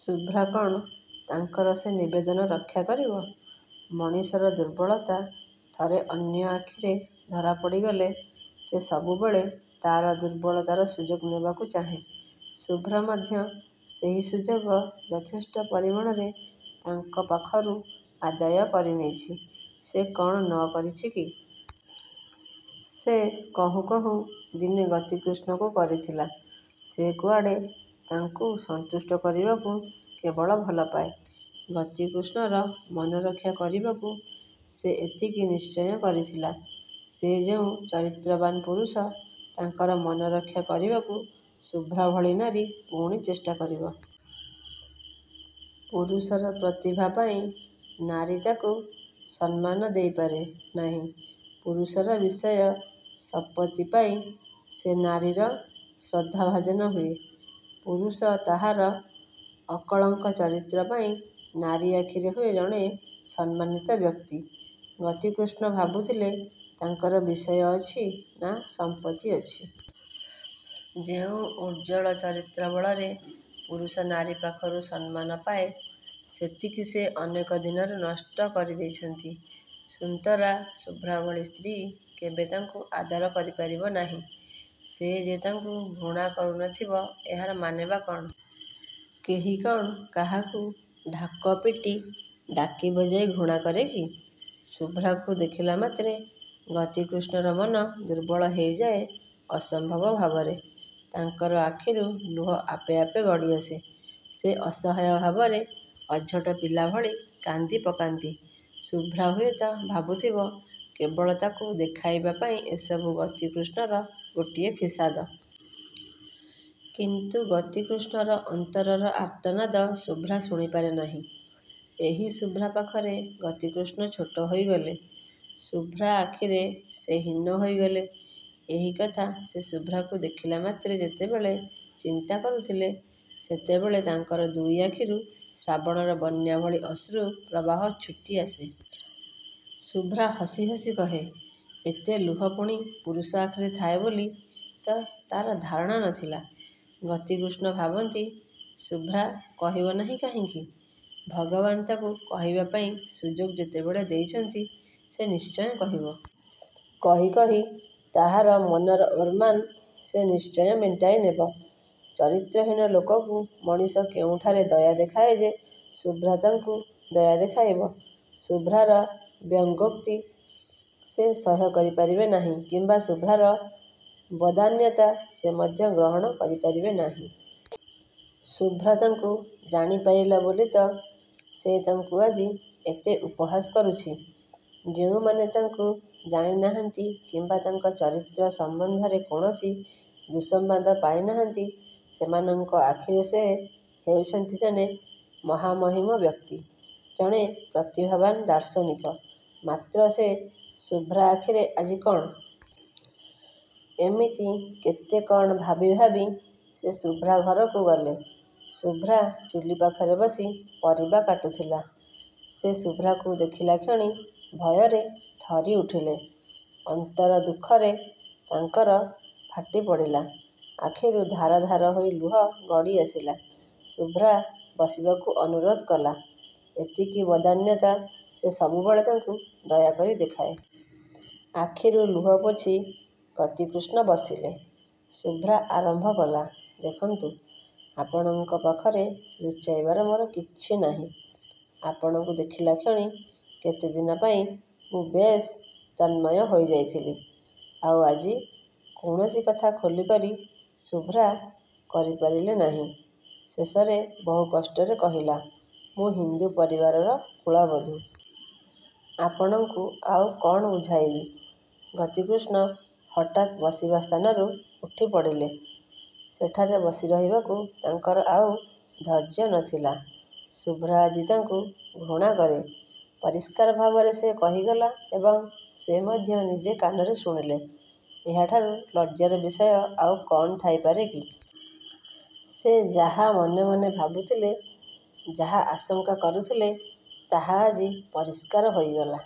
ଶୁଭ୍ରା କ'ଣ ତାଙ୍କର ସେ ନିବେଦନ ରକ୍ଷା କରିବ? ମଣିଷର ଦୁର୍ବଳତା ଥରେ ଅନ୍ୟ ଆଖିରେ ଧରା ପଡ଼ିଗଲେ ସେ ସବୁବେଳେ ତା'ର ଦୁର୍ବଳତାର ସୁଯୋଗ ନେବାକୁ ଚାହେଁ। ଶୁଭ୍ରା ମଧ୍ୟ ସେହି ସୁଯୋଗ ଯଥେଷ୍ଟ ପରିମାଣରେ ତାଙ୍କ ପାଖରୁ ଆଦାୟ କରିନେଇଛି। ସେ କ'ଣ ନ କରିଛି କି? ସେ କହୁଁ କହୁଁ ଦିନେ ଗତିକୃଷ୍ଣଙ୍କୁ କରିଥିଲା, ''ସେ କୁଆଡ଼େ ତାଙ୍କୁ ସନ୍ତୁଷ୍ଟ କରିବାକୁ କେବଳ ଭଲପାଏ। '' ଗତିକୃଷ୍ଣର ମନରକ୍ଷା କରିବାକୁ ସେ ଏତିକି ନିଶ୍ଚୟ କହିଥିଲା। ସେ ଯେଉଁ ଚରିତ୍ରବାନ ପୁରୁଷ, ତାଙ୍କର ମନରକ୍ଷା କରିବାକୁ ଶୁଭ୍ରା ଭଳି ନାରୀ ପୁଣି ଚେଷ୍ଟା କରିବ? ପୁରୁଷର ପ୍ରତିଭା ପାଇଁ ନାରୀ ତାକୁ ସମ୍ମାନ ଦେଇପାରେ ନାହିଁ। ପୁରୁଷର ବିଷୟ, ସପତ୍ତି ପାଇଁ ସେ ନାରୀର ଶ୍ରଦ୍ଧା ଭାଜନ ହୁଏ। ପୁରୁଷ ତାହାର ଅକଳଙ୍କ ଚରିତ୍ର ପାଇଁ ନାରୀ ଆଖିରେ ହୁଏ ଜଣେ ସମ୍ମାନିତ ବ୍ୟକ୍ତି-। ଗତିକୃଷ୍ଣ ଭାବୁଥିଲେ ତାଙ୍କର ବିଷୟ ଅଛି ନା ସମ୍ପତ୍ତି ଅଛି? ଯେଉଁ ଉଜ୍ଜ୍ୱଳ ଚରିତ୍ର ବଳରେ ପୁରୁଷ ନାରୀ ପାଖରୁ ସମ୍ମାନ ପାଏ, ସେତିକି ସେ ଅନେକ ଦିନରୁ ନଷ୍ଟ କରିଦେଇଛନ୍ତି। ସୁତରାଂ ଶୁଭ୍ରା ଭଳି ସ୍ତ୍ରୀ କେବେ ତାଙ୍କୁ ଆଦର କରିପାରିବ ନାହିଁ। ସେ ଯେ ତାଙ୍କୁ ଘୃଣା କରୁନଥିବ ଏହାର ମାନେ ବା କ'ଣ? କେହି କ'ଣ କାହାକୁ ଢାକ ପିଟି, ଡାକି ବଜାଇ ଘୃଣା କରେ କି? ଶୁଭ୍ରାକୁ ଦେଖିଲାମାତ୍ରେ ଗତିକୃଷ୍ଣର ମନ ଦୁର୍ବଳ ହୋଇଯାଏ ଅସମ୍ଭବ ଭାବରେ। ତାଙ୍କର ଆଖିରୁ ଲୁହ ଆପେ ଆପେ ଗଡ଼ିଆସେ। ସେ ଅସହାୟ ଭାବରେ ଅଝଟ ପିଲାଭଳି କାନ୍ଦିପକାନ୍ତି। ଶୁଭ୍ରା ହୁଏତ ଭାବୁଥିବ କେବଳ ତାକୁ ଦେଖାଇବା ପାଇଁ ଏସବୁ ଗତିକୃଷ୍ଣର ଗୋଟିଏ ଫିସାଦ। କିନ୍ତୁ ଗତିକୃଷ୍ଣର ଅନ୍ତରର ଆର୍ତ୍ତନାଦ ଶୁଭ୍ରା ଶୁଣିପାରେ ନାହିଁ। ଏହି ଶୁଭ୍ରା ପାଖରେ ଗତିକୃଷ୍ଣ ଛୋଟ ହୋଇଗଲେ। ଶୁଭ୍ରା ଆଖିରେ ସେ ହୀନ ହୋଇଗଲେ। ଏହି କଥା ସେ ଶୁଭ୍ରାକୁ ଦେଖିଲା ମାତ୍ରେ ଯେତେବେଳେ ଚିନ୍ତା କରୁଥିଲେ, ସେତେବେଳେ ତାଙ୍କର ଦୁଇ ଆଖିରୁ ଶ୍ରାବଣର ବନ୍ୟା ଭଳି ଅଶ୍ରୁ ପ୍ରବାହ ଛୁଟିଆସେ। ଶୁଭ୍ରା ହସି ହସି କହେ, ''ଏତେ ଲୁହ ପୁଣି ପୁରୁଷ ଆଖିରେ ଥାଏ ବୋଲି ତ ତା'ର ଧାରଣା ନ ଥିଲା। '' ଗତିକୃଷ୍ଣ ଭାବନ୍ତି ଶୁଭ୍ରା କହିବ ନାହିଁ କାହିଁକି? ଭଗବାନ ତାକୁ କହିବା ପାଇଁ ସୁଯୋଗ ଯେତେବେଳେ ଦେଇଛନ୍ତି ସେ ନିଶ୍ଚୟ କହିବ। କହି କହି ତାହାର ମନର ଓରମାନ ସେ ନିଶ୍ଚୟ ମେଣ୍ଟାଇନେବ। ଚରିତ୍ରହୀନ ଲୋକକୁ ମଣିଷ କେଉଁଠାରେ ଦୟା ଦେଖାଏ ଯେ ଶୁଭ୍ରା ତାଙ୍କୁ ଦୟା ଦେଖାଇବ? ଶୁଭ୍ରାର ବ୍ୟଙ୍ଗୋକ୍ତି ସେ ସହ୍ୟ କରିପାରିବେ ନାହିଁ କିମ୍ବା ଶୁଭ୍ରାର ବଦାନ୍ୟତା ସେ ମଧ୍ୟ ଗ୍ରହଣ କରିପାରିବେ ନାହିଁ। ଶୁଭ୍ରା ତାଙ୍କୁ ଜାଣିପାରିଲା ବୋଲି ତ ସେ ତାଙ୍କୁ ଆଜି ଏତେ ଉପହାସ କରୁଛି। ଯେଉଁମାନେ ତାଙ୍କୁ ଜାଣିନାହାନ୍ତି କିମ୍ବା ତାଙ୍କ ଚରିତ୍ର ସମ୍ବନ୍ଧରେ କୌଣସି ଦୁଃସମ୍ବାଦ ପାଇନାହାନ୍ତି ସେମାନଙ୍କ ଆଖିରେ ସେ ହେଇଛନ୍ତି ଜଣେ ମହାମହିମ ବ୍ୟକ୍ତି। ଜଣେ ପ୍ରତିଭାବାନ ଦାର୍ଶନିକ। ମାତ୍ର ସେ ଶୁଭ୍ରା ଆଖିରେ ଆଜି କ'ଣ? ଏମିତି କେତେ କ'ଣ ଭାବିଭାବି ସେ ଶୁଭ୍ରା ଘରକୁ ଗଲେ। ଶୁଭ୍ରା ଚୁଲି ପାଖରେ ବସି ପରିବା କାଟୁଥିଲା। ସେ ଶୁଭ୍ରାକୁ ଦେଖିଲାକ୍ଷଣି ଭୟରେ ଥରିଉଠିଲେ। ଅନ୍ତର ଦୁଃଖରେ ତାଙ୍କର ଫାଟିପଡ଼ିଲା। ଆଖିରୁ ଧାର ଧାର ହୋଇ ଲୁହ ଗଡ଼ିଆସିଲା। ଶୁଭ୍ରା ବସିବାକୁ ଅନୁରୋଧ କଲା, ଏତିକି ବଦାନ୍ୟତା ସେ ସବୁବେଳେ ତାଙ୍କୁ ଦୟାକରି ଦେଖାଏ। ଆଖିରୁ ଲୁହପୋଛି ଗତିକୃଷ୍ଣ ବସିଲେ। ଶୁଭ୍ରା ଆରମ୍ଭ କଲା, ''ଦେଖନ୍ତୁ! ଆପଣଙ୍କ ପାଖରେ ଲୁଚାଇବାର ମୋର କିଛି ନାହିଁ। ଆପଣଙ୍କୁ ଦେଖିଲାକ୍ଷଣି କେତେଦିନ ପାଇଁ ମୁଁ ବେଶ୍ ତନ୍ମୟ ହୋଇଯାଇଥିଲି। ଆଉ ଆଜି। '' କୌଣସି କଥା ଖୋଲିକରି ଶୁଭ୍ରା କରିପାରିଲେ ନାହିଁ। ଶେଷରେ ବହୁ କଷ୍ଟରେ କହିଲା, ''ମୁଁ ହିନ୍ଦୁ ପରିବାରର କୁଳ-ବଧୂ। ଆପଣଙ୍କୁ ଆଉ କ'ଣ ବୁଝାଇବି। '' ଗତିକୃଷ୍ଣ ହଠାତ୍ ବସିବା ସ୍ଥାନରୁ ଉଠିପଡ଼ିଲେ। ସେଠାରେ ବସିରହିବାକୁ ତାଙ୍କର ଆଉ ଧୈର୍ଯ୍ୟ ନ ଥିଲା। ଶୁଭ୍ରା ଆଜି ତାଙ୍କୁ ଘୃଣାକରେ। ପରିଷ୍କାର ଭାବରେ ସେ କହିଗଲା ଏବଂ ସେ ମଧ୍ୟ ନିଜେ କାନରେ ଶୁଣିଲେ। ଏହାଠାରୁ ଲଜ୍ଜାର ବିଷୟ ଆଉ କ'ଣ ଥାଇପାରେ କି? ସେ ଯାହା ମନେମନେ ଭାବୁଥିଲେ, ଯାହା ଆଶଙ୍କା କରୁଥିଲେ ତାହା ଆଜି ପରିଷ୍କାର ହୋଇଗଲା।